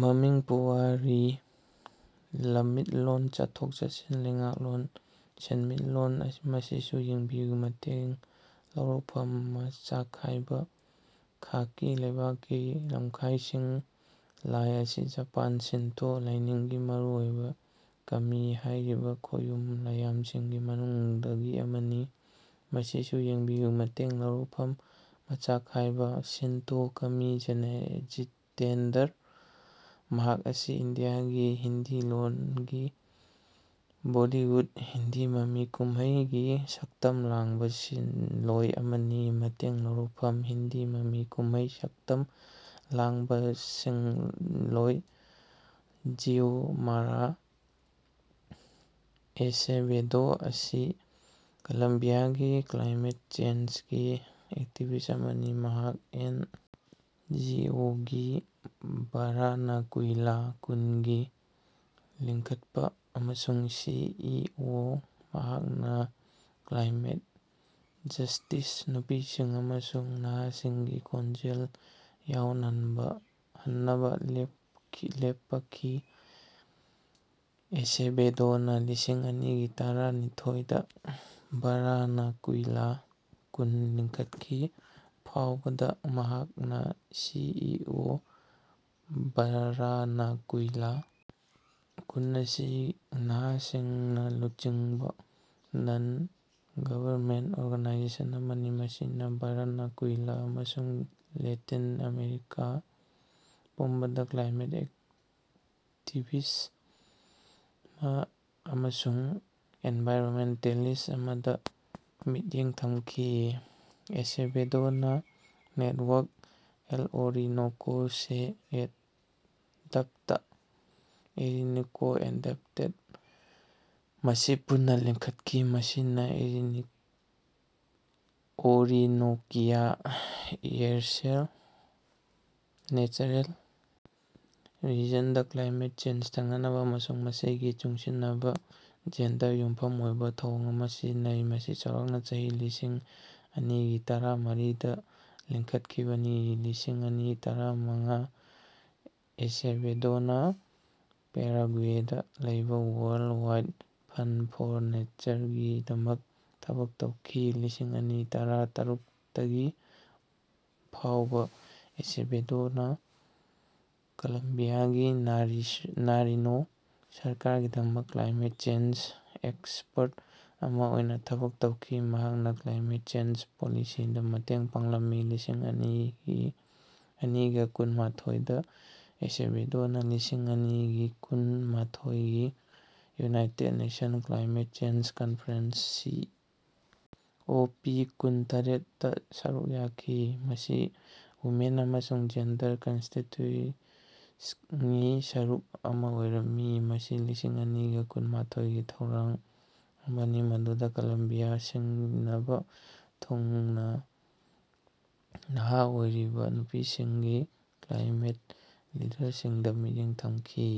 ꯃꯃꯤꯡ ꯄꯨꯋꯥꯔꯤ ꯂꯝꯃꯤꯠꯂꯣꯟ ꯆꯠꯊꯣꯛ-ꯆꯠꯁꯤꯟ ꯂꯩꯉꯥꯛꯂꯣꯟ ꯁꯦꯟꯃꯤꯠꯂꯣꯟ ꯃꯁꯤꯁꯨ ꯌꯦꯡꯕꯤꯌꯨ ꯃꯇꯦꯡ ꯂꯧꯔꯛꯐꯝ ꯃꯆꯥꯈꯥꯏꯕ:ꯈꯥꯀꯤ ꯂꯩꯕꯥꯛꯀꯤ ꯂꯝꯈꯥꯢꯁꯤꯡ ꯂꯥꯢ ꯑꯁꯤ ꯖꯄꯥꯟꯒꯤ ꯁꯤꯟꯇꯣ ꯂꯥꯢꯅꯤꯡꯒꯤ ꯃꯔꯨ ꯑꯣꯢꯕ ꯀꯃꯤ ꯍꯥꯢꯔꯤꯕ ꯈꯣꯌꯨꯝ ꯂꯥꯢꯌꯥꯝꯁꯤꯡꯒꯤ ꯃꯅꯨꯡꯗꯒꯤ ꯑꯃꯅꯤ꯫ ꯃꯁꯤꯁꯨ ꯌꯦꯡꯕꯤꯌꯨ ꯃꯇꯦꯡ ꯂꯧꯔꯛꯐꯝ ꯃꯆꯥꯈꯥꯏꯕ:ꯁꯤꯟꯇꯣ ꯀꯃꯤ ꯖꯤꯇꯦꯟꯗ꯭ꯔ ꯃꯍꯥꯛ ꯑꯁꯤ ꯏꯟꯗꯤꯌꯥꯒꯤ ꯍꯤꯟꯗꯤ ꯂꯣꯟꯒꯤ ꯕꯣꯜꯂꯤꯋꯨꯗ (ꯍꯤꯟꯗꯤ ꯃꯃꯤ ꯀꯨꯝꯃꯩ)ꯒꯤ ꯁꯛꯇꯝ ꯂꯥꯡꯕ ꯁꯤꯟꯂꯣꯢ ꯑꯃꯅꯤ꯫ ꯃꯇꯦꯡ ꯂꯧꯔꯛꯐꯝ:ꯍꯤꯟꯗꯤ ꯃꯃꯤ ꯀꯨꯝꯃꯩ ꯁꯛꯇꯝ ꯂꯥꯡꯕ ꯁꯤꯟꯂꯣꯢ ꯖꯤꯑꯣꯃꯥꯔꯥ ꯑꯦꯁꯦꯚꯦꯗꯣ ꯑꯁꯤ ꯀꯂꯝꯕꯤꯌꯥꯒꯤ ꯀ꯭ꯂꯥꯏꯃꯦꯠ ꯆꯦꯟꯖꯒꯤ ꯑꯦꯛꯇꯤꯕꯤꯁ꯭ꯠ ꯑꯃꯅꯤ꯫ ꯃꯍꯥꯛ ꯑꯦꯟ. ꯖꯤ. ꯑꯣ. ꯒꯤ ꯕꯥꯔꯥꯅꯀꯨꯏꯂꯥ ꯀꯨꯟꯒꯤ ꯂꯤꯡꯈꯠꯄ ꯑꯃꯁꯨꯡ ꯁꯤ. ꯏ. ꯑꯣ. ꯃꯍꯥꯛꯅ ꯀ꯭ꯂꯥꯏꯃꯦꯠ ꯖꯁ꯭ꯇꯤꯁꯇ ꯅꯨꯄꯤꯁꯤꯡ ꯑꯃꯁꯨꯡ ꯅꯍꯥꯁꯤꯡꯒꯤ ꯈꯣꯟꯖꯦꯜ ꯌꯥꯑꯣꯍꯟꯅꯕ ꯂꯦꯄꯈꯤ꯫ ꯑꯦꯁꯦꯚꯦꯗꯣꯅꯥ ꯂꯤꯁꯤꯡ ꯑꯅꯤꯒ ꯇꯔꯥ ꯅꯤꯊꯣꯏꯗ ꯕꯥꯔꯥꯅꯀꯨꯏꯂꯥ ꯀꯨꯟ ꯂꯤꯡꯈꯠꯈꯤ, ꯐꯥꯎꯕꯗ ꯃꯍꯥꯛꯅ ꯁꯤ. ꯏ. ꯑꯣ. ꯕꯥꯔꯥꯅꯀꯨꯏꯂꯥ ꯀꯨꯟ ꯑꯁꯤ ꯅꯍꯥꯁꯤꯡꯅ ꯂꯨꯆꯤꯡꯕ ꯅꯟ-ꯒꯕꯔꯅꯃꯦꯟꯠ ꯑꯣꯔꯒꯅꯥꯏꯖꯦꯁꯟ ꯑꯃꯅꯤ꯫ ꯃꯁꯤꯅ ꯕꯥꯔꯥꯅꯀꯨꯏꯂ ꯑꯃꯁꯨꯡ ꯂꯦꯇꯤꯟ ꯑꯃꯦꯔꯤꯀ ꯄꯨꯝꯕꯗ ꯀ꯭ꯂꯥꯏꯃꯦꯠ ꯑꯦꯛꯇꯤꯕꯤꯂ ꯑꯃꯁꯨꯡ ꯑꯦꯅꯚꯥꯏꯔꯅꯃꯦꯟꯇꯦꯂꯤꯁ ꯑꯃꯗ ꯃꯤꯠꯌꯦꯡ ꯊꯃꯈꯤ꯫ ꯑꯦꯁꯦꯚꯦꯗꯣꯅꯥ ꯅꯦꯠꯋꯥꯔꯛ "ꯑꯦꯜ ꯑꯣꯔꯤꯅꯣꯀꯣ ꯁꯦ ꯑꯦꯗꯄꯇ" (ꯑꯣꯔꯤꯅꯣꯀꯣ ꯑꯦꯗꯞꯇꯦꯠ) ꯑꯁꯤ ꯄꯨꯟꯅ ꯂꯤꯡꯈꯠꯈꯤ꯫ ꯃꯁꯤꯅ ꯑꯣꯔꯤꯅꯣꯀꯤꯌꯥ ꯏꯌꯔꯁꯦꯜ ꯅꯦꯆꯔꯦꯜ ꯔꯤꯖꯟꯗ ꯀ꯭ꯂꯥꯏꯃꯦꯠ ꯆꯦꯟꯖ ꯊꯦꯡꯅꯅꯕ ꯑꯃꯁꯨꯡ ꯃꯁꯤꯒ ꯆꯨꯁꯤꯟꯅꯅꯕ ꯖꯦꯟꯗꯔꯗ ꯌꯨꯝꯐꯝ ꯑꯣꯏꯕ ꯊꯧꯑꯣꯡ ꯑꯃ ꯁꯤꯖꯤꯟꯅꯩ꯫ ꯃꯁꯤ ꯆꯥꯎꯔꯥꯛꯅ ꯆꯍꯤ ꯂꯤꯁꯤꯡ ꯑꯅꯤꯒ ꯇꯔꯥ ꯃꯔꯤꯗ ꯂꯤꯡꯈꯠꯈꯤꯕꯅꯤ, ꯂꯤꯁꯤꯡ ꯑꯅꯤꯒ ꯇꯔꯥ ꯃꯉꯥꯗ ꯑꯦꯁꯦꯚꯦꯗꯣꯅ ꯄꯦꯔꯥꯒꯨꯋꯦꯗ ꯂꯩꯕ ꯋꯥꯔꯜꯗ ꯋꯥꯏꯗ ꯐꯟꯗ ꯐꯣꯔ ꯅꯦꯆꯔꯒꯤꯗꯃꯛ ꯊꯕꯛ ꯇꯧꯈꯤ꯫ ꯂꯤꯁꯤꯡ ꯑꯅꯤꯒ ꯇꯔꯥ ꯇꯔꯨꯛꯗꯒꯤ ꯐꯥꯎꯕ ꯑꯦꯁꯦꯚꯦꯗꯣꯅ ꯀꯣꯂꯝꯕꯤꯌꯥꯒꯤ ꯅꯥꯔꯤꯅꯣ ꯁꯔꯀꯥꯔꯒꯤꯗꯃꯛ ꯀ꯭ꯂꯥꯏꯃꯦꯠ ꯆꯦꯟꯖꯒꯤ ꯑꯦꯛꯁꯄꯔꯠ ꯑꯃ ꯑꯣꯏꯅ ꯊꯕꯛ ꯇꯧꯈꯤ꯫ ꯃꯍꯥꯛꯅ ꯀ꯭ꯂꯥꯏꯃꯦꯠ ꯆꯦꯟꯖ ꯄꯣꯂꯤꯁꯤꯗ ꯃꯇꯦꯡ ꯄꯥꯡꯂꯝꯃꯤ꯫ ꯂꯤꯁꯤꯡ ꯑꯅꯤꯒ ꯀꯨꯟ ꯃꯥꯊꯣꯏ ꯗ ꯑꯦꯁꯦꯚꯦꯗꯣꯅꯥ ꯂꯤꯁꯤꯡ ꯑꯅꯤꯒ ꯀꯨꯟ ꯃꯥꯊꯣꯏꯒꯤ united nations climate change conference (C. O. ꯄꯤ.ꯀꯨꯟ ꯇꯔꯦꯠ)ꯗ ꯁꯔꯨꯛ ꯌꯥꯈꯤ꯫ ꯃꯁꯤ ꯋꯨꯃꯦꯟ ꯑꯃꯁꯨꯡ ꯖꯦꯟꯗꯔ ꯀꯟꯁꯇꯤꯠꯌꯨꯁꯉꯤ ꯁꯔꯨꯛ ꯑꯃ ꯑꯣꯏꯔꯝꯃꯤ꯫ ꯃꯁꯤ ꯂꯤꯁꯤꯡ ꯑꯅꯤꯒ ꯀꯨꯟ ꯃꯥꯊꯣꯏꯒꯤ ꯊꯧꯔꯥꯡ ꯑꯃꯅꯤ ꯃꯗꯨꯗ ꯀꯣꯂꯝꯕꯤꯌꯥ ꯁꯤꯅꯕ ꯊꯨꯡꯅ ꯅꯍꯥ ꯑꯣꯏꯔꯤꯕ ꯅꯨꯄꯤꯁꯤꯡꯒꯤ ꯀ꯭ꯂꯥꯏꯃꯦꯠ ꯂꯤꯗꯔꯁꯤꯡꯗ ꯃꯤꯠꯌꯦꯡ ꯊꯝꯈꯤ꯫